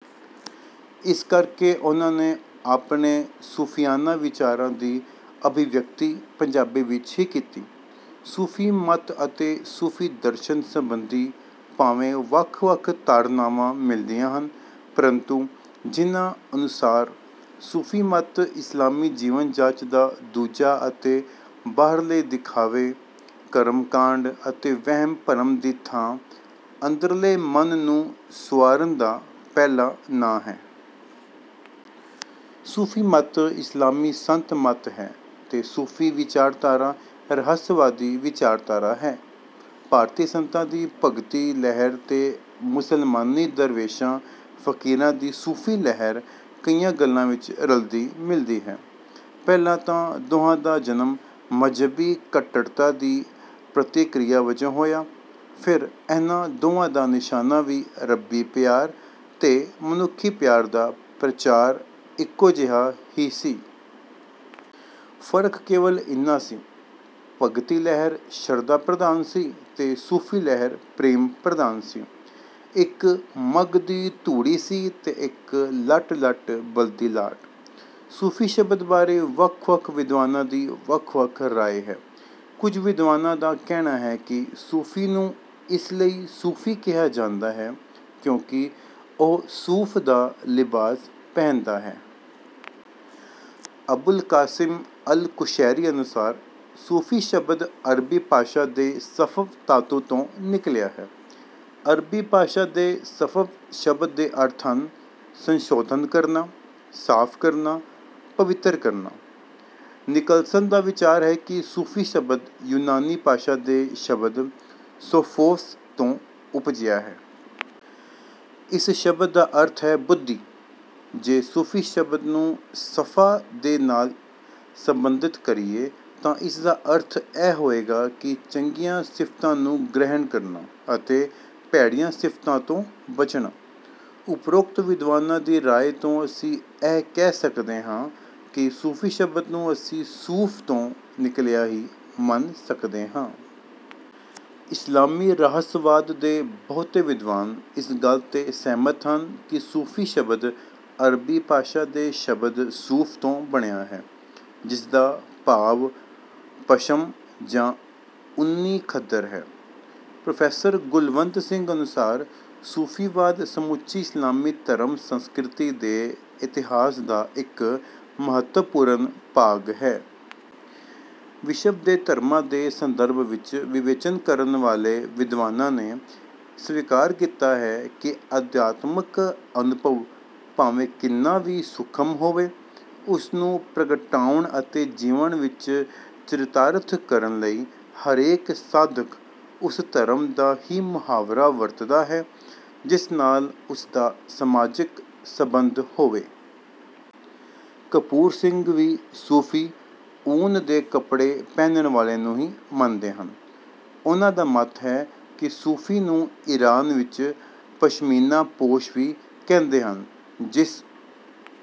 ਇਸ ਕਰਕੇ ਉਹਨਾਂ ਨੇ ਆਪਣੇ ਸੂਫ਼ੀਆਨਾ ਵਿਚਾਰਾਂ ਦੀ ਅਭਿਵਿਅਕਤੀ ਪੰਜਾਬੀ ਵਿੱਚ ਹੀ ਕੀਤੀ। ਸੂਫ਼ੀ ਮਤ ਅਤੇ ਸੂਫ਼ੀ ਦਰਸ਼ਨ ਸੰਬੰਧੀ ਭਾਵੇਂ ਵੱਖ-ਵੱਖ ਧਾਰਨਾਵਾਂ ਮਿਲਦੀਆਂ ਹਨ, ਪ੍ਰੰਤੂ ਜਿਨ੍ਹਾਂ ਅਨੁਸਾਰ ਸੂਫ਼ੀ ਮਤ ਇਸਲਾਮੀ ਜੀਵਨ-ਜਾਂਚ ਦਾ ਦੂਜਾ ਅਤੇ ਬਾਹਰਲੇ ਦਿਖਾਵੇ, ਕਰਮਕਾਂਡ ਅਤੇ ਵਹਿਮ-ਭਰਮ ਦੀ ਥਾਂ ਅੰਦਰਲੇ ਮਨ ਨੂੰ ਸੁਆਰਨ ਦਾ ਪਹਿਲਾ ਨਾਂ ਹੈ। "ਸੂਫ਼ੀ ਮਤ ਇਸਲਾਮੀ ਸੰਤ ਮਤ ਹੈ ਤੇ ਸੂਫ਼ੀ ਵਿਚਾਰਧਾਰਾ ਰਹੱਸਵਾਦੀ ਵਿਚਾਰਧਾਰਾ ਹੈ।" ਭਾਰਤੀ ਸੰਤਾਂ ਦੀ ਭਗਤੀ ਲਹਿਰ ਤੇ ਮੁਸਲਮਾਨੀ ਦਰਵੇਸ਼ਾਂ, ਫ਼ਕੀਰਾਂ ਦੀ ਸੂਫ਼ੀ ਲਹਿਰ ਕਈਆਂ ਗੱਲਾਂ ਵਿੱਚ ਰਲਦੀ-ਮਿਲਦੀ ਹੈ। ਪਹਿਲਾਂ ਤਾਂ ਦੋਹਾਂ ਦਾ ਜਨਮ ਮਜ਼੍ਹਬੀ ਕੱਟੜਤਾ ਦੀ ਪ੍ਰਤੀਕ੍ਰਿਆ ਵਜੋਂ ਹੋਇਆ, ਫਿਰ ਇਹਨਾਂ ਦੋਹਾਂ ਦਾ ਨਿਸ਼ਾਨਾ ਵੀ ਰੱਬੀ ਪਿਆਰ ਤੇ ਮਨੁੱਖੀ ਪਿਆਰ ਦਾ ਪ੍ਰਚਾਰ ਇੱਕੋ ਜਿਹਾ ਹੀ ਸੀ। ਫ਼ਰਕ ਕੇਵਲ ਇੰਨਾ ਸੀ, ਭਗਤੀ ਲਹਿਰ ਸ਼ਰਧਾ-ਪ੍ਰਧਾਨ ਸੀ ਤੇ ਸੂਫ਼ੀ ਲਹਿਰ ਪ੍ਰੇਮ-ਪ੍ਰਧਾਨ ਸੀ। ਇੱਕ ਮਘਦੀ ਧੂਣੀ ਸੀ ਤੇ ਇੱਕ ਲਟ-ਲਟ ਬਲਦੀ ਲਾਟ। ਸੂਫ਼ੀ ਸ਼ਬਦ ਬਾਰੇ ਵੱਖ-ਵੱਖ ਵਿਦਵਾਨਾਂ ਦੀ ਵੱਖ-ਵੱਖ ਰਾਇ ਹੈ। ਕੁਝ ਵਿਦਵਾਨਾਂ ਦਾ ਕਹਿਣਾ ਹੈ ਕਿ 'ਸੂਫ਼ੀ' ਨੂੰ ਇਸ ਲਈ 'ਸੂਫ਼ੀ' ਕਿਹਾ ਜਾਂਦਾ ਹੈ ਕਿਉਂਕਿ ਉਹ ਸੂਫ਼ ਦਾ ਲਿਬਾਸ ਪਹਿਨਦਾ ਹੈ। ਅਬੁਲ ਕਾਸਿਮ ਅਲ-ਕੁਸ਼ੈਰੀ ਅਨੁਸਾਰ ਸੂਫ਼ੀ ਸ਼ਬਦ ਅਰਬੀ ਭਾਸ਼ਾ ਦੇ ਸਫ਼ਵ ਧਾਤੂ ਤੋਂ ਨਿਕਲਿਆ ਹੈ। ਅਰਬੀ ਭਾਸ਼ਾ ਦੇ ਸਫ਼ਵ ਸ਼ਬਦ ਦੇ ਅਰਥ ਹਨ - ਸੰਸ਼ੋਧਨ ਕਰਨਾ, ਸਾਫ਼ ਕਰਨਾ, ਪਵਿੱਤਰ ਕਰਨਾ। ਨਿਕਲਸਨ ਦਾ ਵਿਚਾਰ ਹੈ ਕਿ ਸੂਫ਼ੀ ਸ਼ਬਦ ਯੂਨਾਨੀ ਭਾਸ਼ਾ ਦੇ ਸ਼ਬਦ 'ਸੋਫ਼ੋਸ' ਤੋਂ ਉਪਜਿਆ ਹੈ। ਇਸ ਸ਼ਬਦ ਦਾ ਅਰਥ ਹੈ 'ਬੁੱਧੀ'। ਜੇ ਸੂਫ਼ੀ ਸ਼ਬਦ ਨੂੰ 'ਸ਼ਫ਼ਾ' ਦੇ ਨਾਲ ਸਬੰਧਿਤ ਕਰੀਏ ਤਾਂ ਇਸ ਦਾ ਅਰਥ ਇਹ ਹੋਵੇਗਾ ਕਿ ਚੰਗੀਆਂ ਸਿਫ਼ਤਾਂ ਨੂੰ ਗ੍ਰਹਿਣ ਕਰਨਾ ਅਤੇ ਭੈੜੀਆਂ ਸਿਫ਼ਤਾਂ ਤੋਂ ਬਚਣਾ। ਉਪਰੋਕਤ ਵਿਦਵਾਨਾਂ ਦੀ ਰਾਇ ਤੋਂ ਅਸੀਂ ਇਹ ਕਹਿ ਸਕਦੇ ਹਾਂ ਕਿ ਸੂਫ਼ੀ ਸ਼ਬਦ ਨੂੰ ਅਸੀਂ 'ਸੂਫ਼' ਤੋਂ ਨਿਕਲਿਆ ਹੀ ਮੰਨ ਸਕਦੇ ਹਾਂ। "ਇਸਲਾਮੀ ਰਹੱਸਵਾਦ ਦੇ ਬਹੁਤੇ ਵਿਦਵਾਨ ਇਸ ਗੱਲ 'ਤੇ ਸਹਿਮਤ ਹਨ ਕਿ 'ਸੂਫ਼ੀ' ਸ਼ਬਦ ਅਰਬੀ ਭਾਸ਼ਾ ਦੇ ਸ਼ਬਦ 'ਸੂਫ਼' ਤੋਂ ਬਣਿਆ ਹੈ, ਜਿਸ ਦਾ ਭਾਵ ਪਸ਼ਮ ਜਾਂ ਉੱਨੀ ਖੱਦਰ ਹੈ।" ਪ੍ਰੋਫੈਸਰ ਗੁਲਵੰਤ ਸਿੰਘ ਅਨੁਸਾਰ ਸੂਫ਼ੀਵਾਦ ਸਮੁੱਚੀ ਇਸਲਾਮੀ ਧਰਮ-ਸੰਸਕ੍ਰਿਤੀ ਦੇ ਇਤਿਹਾਸ ਦਾ ਇੱਕ ਮਹੱਤਵਪੂਰਨ ਭਾਗ ਹੈ। ਵਿਸ਼ਵ ਦੇ ਧਰਮਾਂ ਦੇ ਸੰਦਰਭ ਵਿੱਚ ਵਿਵੇਚਨ ਕਰਨ ਵਾਲੇ ਵਿਦਵਾਨਾਂ ਨੇ ਸਵੀਕਾਰ ਕੀਤਾ ਹੈ ਕਿ ਅਧਿਆਤਮਿਕ ਅਨੁਭਵ ਭਾਵੇਂ ਕਿੰਨਾ ਵੀ ਸੂਖਮ ਹੋਵੇ, ਉਸ ਨੂੰ ਪ੍ਰਗਟਾਉਣ ਅਤੇ ਜੀਵਨ ਵਿੱਚ ਚਰਿਤਾਰਥ ਕਰਨ ਲਈ ਹਰੇਕ ਸਾਧਕ ਉਸ ਧਰਮ ਦਾ ਹੀ ਮੁਹਾਵਰਾ ਵਰਤਦਾ ਹੈ, ਜਿਸ ਨਾਲ ਉਸ ਦਾ ਸਮਾਜਿਕ ਸਬੰਧ ਹੋਵੇ। ਕਪੂਰ ਸਿੰਘ ਵੀ ਸੂਫ਼ੀ, ਊਨ ਦੇ ਕੱਪੜੇ ਪਹਿਨਣ ਵਾਲੇ ਨੂੰ ਹੀ ਮੰਨਦੇ ਹਨ। ਉਹਨਾਂ ਦਾ ਮੱਤ ਹੈ ਕਿ "ਸੂਫ਼ੀ ਨੂੰ ਈਰਾਨ ਵਿੱਚ 'ਪਸ਼ਮੀਨਾ-ਪੋਸ਼' ਵੀ ਕਹਿੰਦੇ ਹਨ, ਜਿਸ